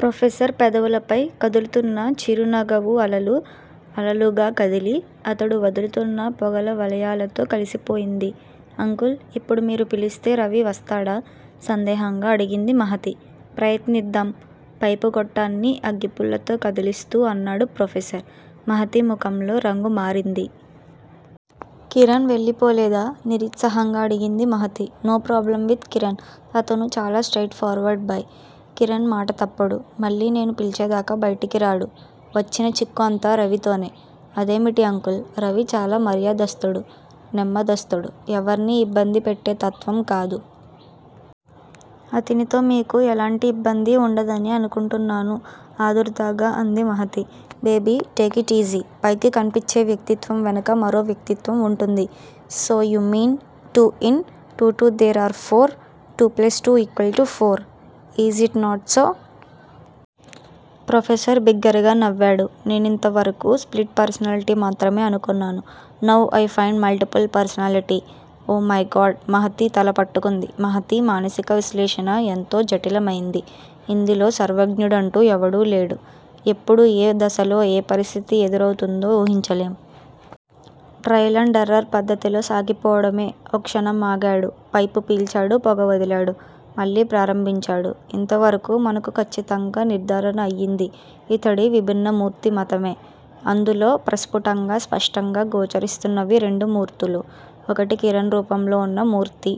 Professor పెదవుల పై కదులుతున్న చిరునగవు అలలు అలలుగా కదిలి, అతడు వదులుతున్న పొగల వలయాలతో కలిసిపోయింది. అంకుల్! ఇప్పుడు మీరు పిలిస్తే రవి వస్తాడా? సందేహంగా అడిగింది మహతి. ప్రయత్నిద్దాం! పైపు గొట్టాన్ని అగ్గిపుల్లతో కదిలిస్తూ అన్నాడు ప్రొఫెసర్. మహతి ముఖంలో రంగు మారింది. కిరణ్ వెళ్ళిపోలేదా? నిరిత్సాహంగా అడిగింది Mahati. No problem with Kiran! అతను చాలా straightforward boy! Kiran మాట తప్పడు. మళ్ళీ నేను పిల్చేదాకా బయటికిరాడు. వచ్చిన చిక్కు అంతా రవితోనే! అదేమిటి అంకుల్! రవి చాలా మర్యాదస్తుడు. నెమ్మదస్తుడు. ఎవర్నీ ఇబ్బంది పెట్టేతత్వం కాదు. అతనితో మీకు ఎలాంటి ఇబ్బందీ ఉండదనే అనుకుంటున్నాను ఆదుర్దాగా అంది మహతి. Baby take it easy! పైకి కన్పించే వ్యక్తిత్వం వెనక మరోవ్యక్తిత్వం ఉంటుంది. So you mean two in to two there are four. Two plus two equal to four. Is it not so. Professor బిగ్గరగా నవ్వాడు. నేనింతవరకూ స్ప్లిట్ పర్సనాలిటీ మాత్రమే అనుకున్నాను. Now I find multiple personality. Oh my god Mahati తల పట్టుకొంది. మహతీ! మానసిక విశ్లేషణ ఎంతో జటిలమైంది. ఇందులో సర్వజ్ఞుడంటూ ఎవడూ లేడు. ఎప్పుడు ఏ దశలో, ఏ పరిస్థితి ఎదురవుతుందో ఊహించలేం. ట్రయల్ అండ్ ఎర్రర్ పద్దతిలో సాగిపోవడమే ఓ క్షణం ఆగాడు. పైపు పీల్చాడు. పొగ వదిలాడు. మళ్ళీ ప్రారంభించాడు. ఇంతవరకు మనకు ఖచ్చితంగా నిర్ధారణ అయింది ఇతడి విభిన్నమూర్తి మతమే. అందులో ప్రస్ఫుటంగా, స్పష్టంగా గోచరిస్తున్నవి రెండు మూర్తులు. ఒకటి కిరణ్ రూపంలో వున్న మూర్తి.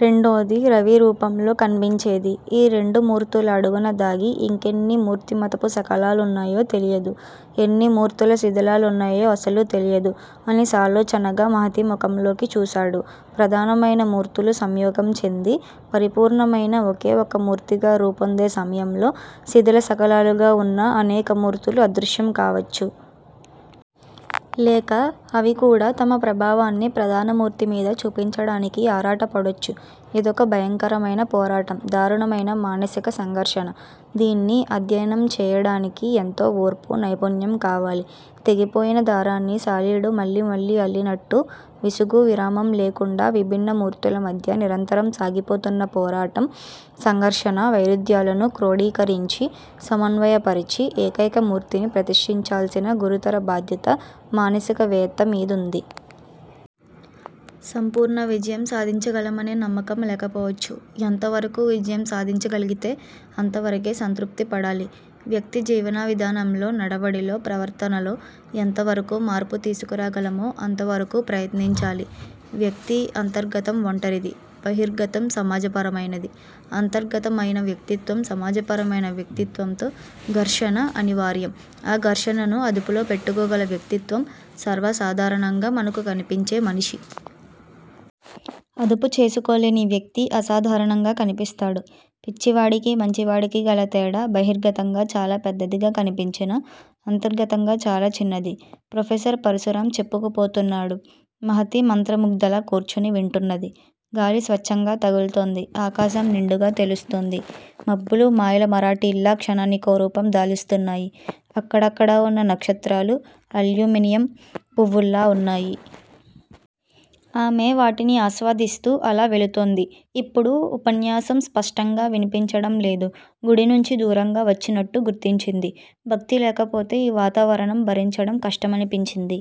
రెండోది రవి రూపంలో కన్పించేది. ఈ రెండుమూర్తుల అడుగున దాగి ఇంకెన్ని మూర్తిమతపు శకలాలున్నాయో తెలియదు. ఎన్నిమూర్తుల శిధిలాలున్నాయో అసలు తెలియదు అని సాలోచనగా మహతి ముఖంలోకి చూశాడు. ప్రధానమయిన మూర్తులు సంయోగంచెంది పరిపూర్ణ మయిన ఒకే ఒక మూర్తిగా రూపొందే సమయంలో, శిధిలశకలాలుగా వున్న అనేక మూర్తులు అదృశ్యం కావచ్చు. లేక అవి కూడా తమ ప్రభావాన్ని ప్రధానమూర్తి మీద చూపించడానికి ఆరాటపడొచ్చు. ఇదొక భయంకరమయిన పోరాటం. దారుణమైన మానసిక సంఘర్షణ. దీన్ని అధ్యయనం చెయ్యడానికి ఎంతో ఓర్పూ నైపుణ్యం కావాలి. తెగిపోయిన దారాన్ని సాలీడు మళ్ళీమళ్ళీ అల్లినట్టు విసుగూ విరామం లేకుండా విభిన్న మూర్తులమధ్య నిరంతరం సాగిపోతున్న పోరాటం, సంఘర్షణ వైరుధ్యాలను క్రోడీకరించి, సమన్వయపరచి, ఏకైక మూర్తిని ప్రతిష్టించాల్సిన గురుతర బాధ్యతమానసిక వేత్తమీదుంది. సంపూర్ణ విజయం సాధించగలమనే నమ్మకం లేకపోవచ్చు. ఎంతవరకు విజయం సాధించగలిగితే అంతవరకే సంతృప్తి పడాలి. వ్యక్తి జీవనవిధానంలో, నడవడిలో, ప్రవర్తనలో ఎంతవరకు మార్పు తీసుకురాగలమో అంతవరకూ ప్రయత్నించాలి. వ్యక్తి అంతర్గతం ఒంటరిది. బహిర్గతం సమాజపరమయినది. అంతర్గత మయిన వ్యక్తిత్వం, సమాజపరమైన వ్యక్తిత్వంతో ఘర్షణ అనివార్యం. ఆ ఘర్షణను అదుపులో పెట్టుకోగల వ్యక్తిత్వం సర్వసాధారణంగా మనకు కనిపించేమనిషి. అదుపు చేసుకోలేనివ్యక్తి అసాధారణంగా కనిపిస్తాడు. పిచ్చివాడికీ, మంచివాడికీ గలతేడా బహిర్గతంగా చాలా పెద్దదిగా కనిపించినా, అంతర్గతంగా చాలాచిన్నది ప్రొఫెసర్ పరశురాం చెప్పుకుపోతున్నాడు. మహతి మంత్రముగ్ధలా కూర్చుని వింటున్నది.। గాలి స్వచ్ఛంగా తగుల్తోంది. ఆకాశం నిండుగా తెలుస్తోంది. మబ్బులు మాయల మరాఠీల్లా క్షణానికో రూపం దాలుస్తున్నాయి. అక్కడక్కడా వున్న నక్షత్రాలు అల్యూమినియం పువ్వుల్లా వున్నాయి. ఆమె వాటిని ఆస్వాదిస్తూ అలా వెళుతోంది. ఇప్పుడు ఉపన్యాసం స్పష్టంగా విన్పించడంలేదు. గుడినుంచి దూరంగా వచ్చినట్టు గుర్తించింది. భక్తి లేకపోతే ఈ వాతావరణం భరించడం కష్టమనిపించింది